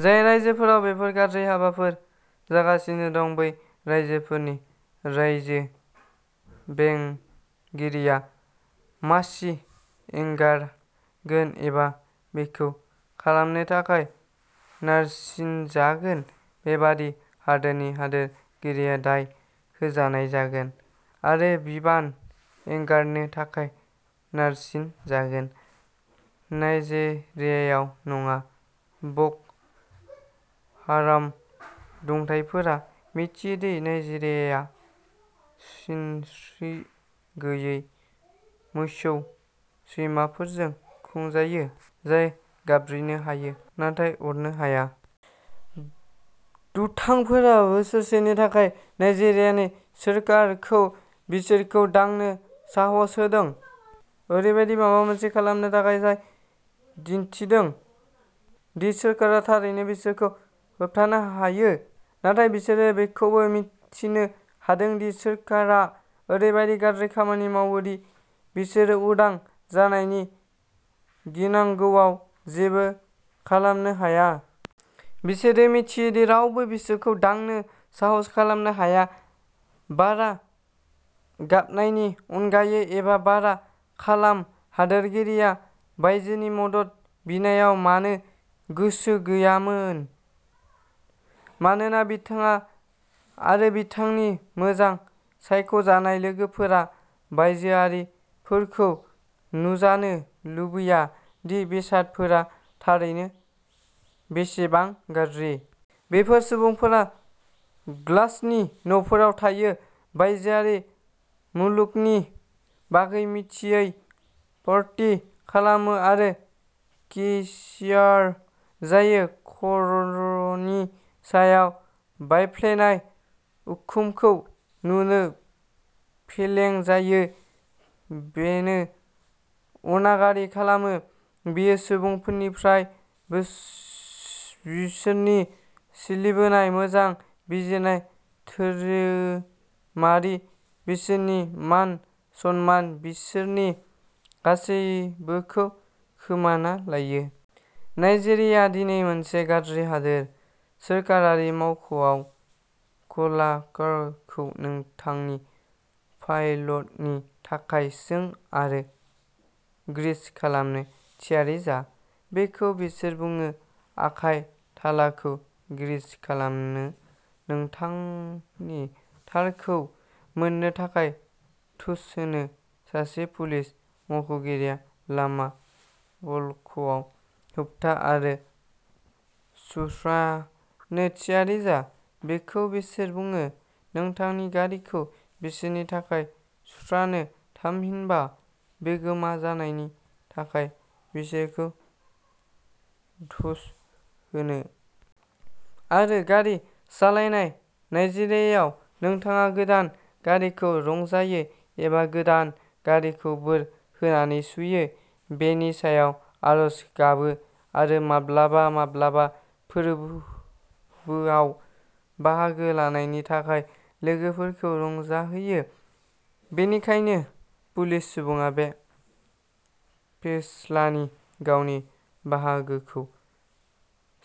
जाय रायजोफोराव बेफोर गाज्रि हाबाफोर जागासिनो दं, बै रायजोफोरनि रायजो बेंगिरिया मासि एंगारगोन, एबा बेखौ खालामनो थाखाय नारसिनजागोन। बेबादि हादोरनि हादोरगिरिया दाय होजानाय जागोन आरो बिबान एंगारनो थाखाय नारसिनजागोन। नाइजेरियायाव नङा। ब'क'हाराम दुथांफोरा मिथियो दि नाइजेरियाया सिनस्रि गैयै मोसौ सैमाफोरजों खुंजायो, जाय गाबज्रिनो हायो, नाथाय अरनो हाया। दुथांफोरा बोसोरसेनि थाखाय नाइजेरियानि सोरखारखौ बिसोरखौ दांनो साहस होदों, ओरैबायदि माबा मोनसे खालामनो थाखाय जाय दिन्थिदों दि सोरखारा थारैनो बिसोरखौ होबथानो हायो, नाथाय बिसोरो बेखौबो मिन्थिनो हादों दि सोरखारा ओरैबादि गाज्रि खामानि मावो दि बिसोरो उदां जानायनि गिनांगौआव जेबो खालामनो हाया। बिसोरो मिथियो दि रावबो बिसोरखौ दांनो साहस खालामनो हाया। बारा गाबनायनि अनगायै एबा बारा खालाम। हादोरगिरिया बायजोनि मदद बिनायाव मानो गोसो गैयामोन मानोना बिथाङा आरो बिथांनि मोजां सायख'जानाय लोगोफोरा बायजोआरिफोरखौ नुजानो लुबैया दि बेसादफोरा थारैनो बेसेबां गाज्रि। बेफोर सुबुंफोरा ग्लासनि न'फोराव थायो, बायजोआरि मुलुगनि बागै मिथियै, पार्टि खालामो आरो केसियार जायो। खर'नि सायाव बायफ्लेनाय उखुमखौ नुनो फेलें जायो। बेनो अनागारि खालामो। बेयो सुबुंफोरनिफ्राय बिसोरनि सोलिबोनाय, मोजां बिजिरनाय, धोरोमारि, बिसोरनि मान-सन्मान, बिसोरनि गासैबोखौ खोमाना लायो। नाइजेरिया दिनै मोनसे गाज्रि हादोर। सोरखारि मावख'आव क्लार्कखौ नोंथांनि फाइलनि थाखाय सों, आरो ग्रीस खालामनो थियारि जा, बेखौ बिसोर बुङो, आखाइ थालाखौ ग्रीस खालामनो, नोंथांनि थारखौ मोननो थाखाय थुस होनो। सासे पुलिस मावख'गिरिया लामा ब्लकआव होबथा, आरो सुस्रानो थियारि जा, बेखौ बिसोर बुङो, नोंथांनि गारिखौ बिसोरनि थाखाय सुस्रानो, थामहिनबा बिगोमा जानायनि थाखाय बिसोरखौ थुस होनो। आरो गारि सालायनाय। नाइजेरियायाव, नोंथाङा गोदान गारिखौ रंजायो, एबा गोदान गारिखौ बोर होनानै सुयो, बेनि सायाव आरज गाबो, आरो माब्लाबा-माब्लाबा फोरबोआव बाहागो लानायनि थाखाय लोगोफोरखौ रंजाहोयो। बेनिखायनो पुलिस सुबुङा बे फेस्लानि गावनि बाहागोखौ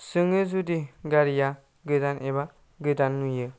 सोङो जुदि गारिआ गोदान, एबा गोदान नुयो।